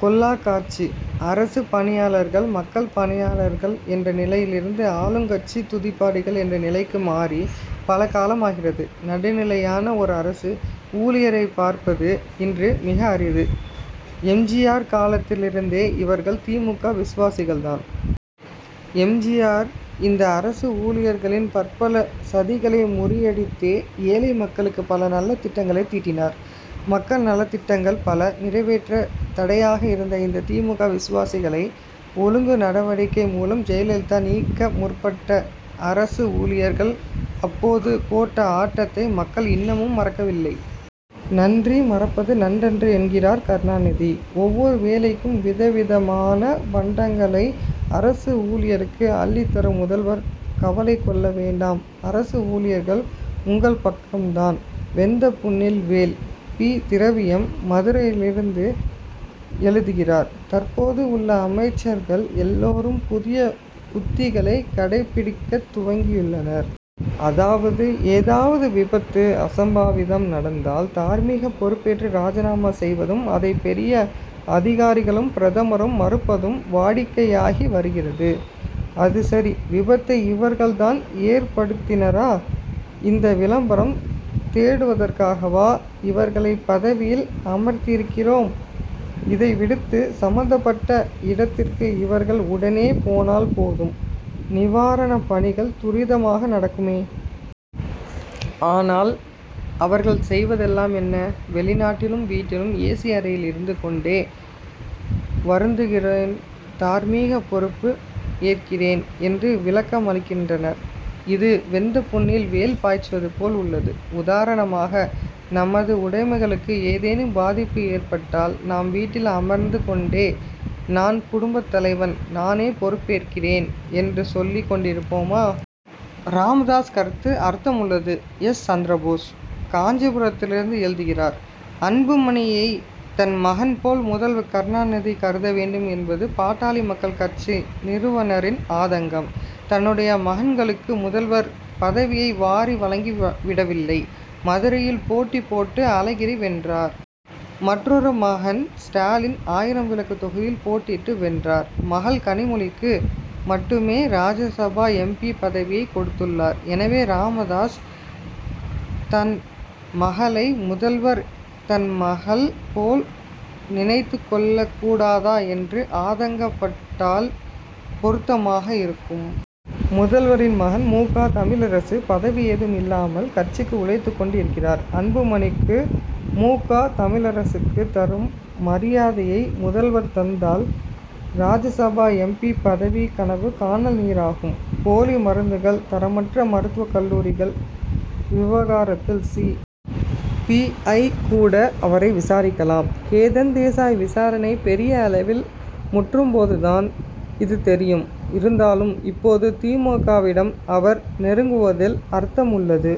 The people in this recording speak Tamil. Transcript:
கொள்ளாக் காட்சி. அரசுப் பணியாளர்கள், மக்கள் பணியாளர்கள் என்ற நிலையிலிருந்து, ஆளுங்கட்சி துதிபாடிகள் என்ற நிலைக்கு மாறி, பல காலமாகிறது. நடுநிலையான ஓர் அரசு ஊழியரைப் பார்ப்பது, இன்று மிக அரிது. எம். ஜி. ஆர். காலத்திலிருந்தே, இவர்கள் தி. மு. க., விசுவாசிகள் தான். எம். ஜி. ஆர்.இந்த அரசு ஊழியர்களின் பற்பல சதிகளை முறியடித்தே, ஏழை மக்களுக்கு பல நல்ல திட்டங்களை தீட்டினார். மக்கள் நலத்திட்டங்கள் பல நிறைவேற்ற தடையாக இருந்த இந்த தி. மு. க. விசுவாசிகளை, ஒழுங்கு நடவடிக்கை மூலம் ஜெயலலிதா நீக்க முற்பட, அரசு ஊழியர்கள் அப்போது போட்ட ஆட்டத்தை, மக்கள் இன்னமும் மறக்கவில்லை. நன்றி மறப்பது நன்றன்று' என்கிறார் கருணாநிதி. ஒவ்வொரு வேளைக்கும் விதவிதமான பண்டங்களாக அரசு ஊழியருக்கு அள்ளித் தரும் முதல்வர், கவலை கொள்ள வேண்டாம்அரசு ஊழியர்கள், உங்கள் பக்கம் தான். வெந்த புண்ணில் வேல்! பி. திரவியம், மதுரையிலிருந்து எழுதுகிறார் தற்போது உள்ள அமைச்சர்கள் எல்லாரும், புதிய உத்திகளை கடைபிடிக்கத் துவங்கியுள்ளனர். அதாவது, ஏதாவது விபத்து, அசம்பாவிதம் நடந்தால், தார்மீக பொறுப்பேற்று ராஜினாமா செய்வதும், அதை பெரிய அதிகாரிகளும், பிரதமரும் மறுப்பதும், வாடிக்கையாகி வருகிறது. அது சரிவிபத்தை இவர்கள் தான் ஏற்படுத்தினரா? இந்த விளம்பரம் தேடுவதற்காகவா, இவர்களை பதவியில் அமர்த்தியிருக்கிறோம். இதை விடுத்து, சம்பந்தப் பட்ட இடத்திற்கு இவர்கள் உடனே போனால் போதும்நிவாரணப் பணிகள் துரிதமாக நடக்குமே. ஆனால், அவர்கள் செய் வதெல்லாம் என்ன? வெளிநாட்டிலும், வீட்டிலும், ஏசி அறையில் இருந்து கொண் டே, வருந்துகிறேன்தார் மீக பொறுப்பு ஏற்கிறேன்' என்று விளக்கமளிக்கின்றனர். இது வெந்த புண்ணில் வேல் பாய்ச்சுவது போல் உள்ளது. உதாரணமாக, நமது உடைமைகளுக்கு ஏதேனும் பாதிப்பு ஏற்பட்டால், நாம் வீட்டில் அமர்ந்து கொண்டே, நான் குடும்பத் தலைவன்; நானே பொறுப்பு ஏற்கிறேன் என்று சொல்லிக் கொண்டிருப்போமா? ராமதாஸ் கருத்து அர்த்தமுள்ளது எஸ். சந்திரபோஸ், காஞ்சிபுரத்திலிருந்து எழுதுகிறார் அன்புமணியை தன் மகன் போல முதல்வர் கருணாநிதி கருத வேண்டும் என்பது, பாட்டாளி மக்கள் கட்சி நிறுவனரின் ஆதங்கம். தன்னுடைய மகன்களுக்கு முதல்வர், பதவியை வாரி வழங்கி விடவில்லை. மதுரையில் போட்டி போட்டு அழகிரி வென்றார். மற்றொரு மகன் ஸ்டாலின், ஆயிரம் விளக்கு தொகுதியில் போட்டியிட்டு வென்றார். மகள் கனிமொழிக்கு மட்டுமே ராஜ்யசபா எம். பி., பதவியை கொடுத் துள்ளார். எனவே, ராமதாஸ், தன் மகளை, முதல்வர் தன் மகள் போல நினைத்துக் கொள்ளக் கூடாதா என்று, ஆதங்கப் பட்டால் பொருத்தமாக இருக்கும். முதல்வரின் மகன் மு. க. தமிழரசு, பதவி ஏதும் இல்லாமல், கட்சிக்கு உழைத் துக் கொண்டு இருக்கிறார். அன்புமணிக்கு, மு. க. தமிழரசுக்கு தரும் மரியாதையை முதல்வர் தந்தால், ராஜ்யசபா எம். பி., பதவி கனவு, கானல் நீராகும். போலி மருந்துகள், தரமற்ற மருத்துவக் கல்லூரிகள் விவகாரத்தில், சி. பி. ஐ., கூட அவரை விசாரிக்கலாம். கேதன் தேசாய் விசாரணை பெரிய அளவில் முற்றும் போதுதான் இது தெரியும். இருந்தாலும், இப்போது தி. மு. க., விடம் அவர் நெருங் குவதில் அர்த்தமுள்ளது.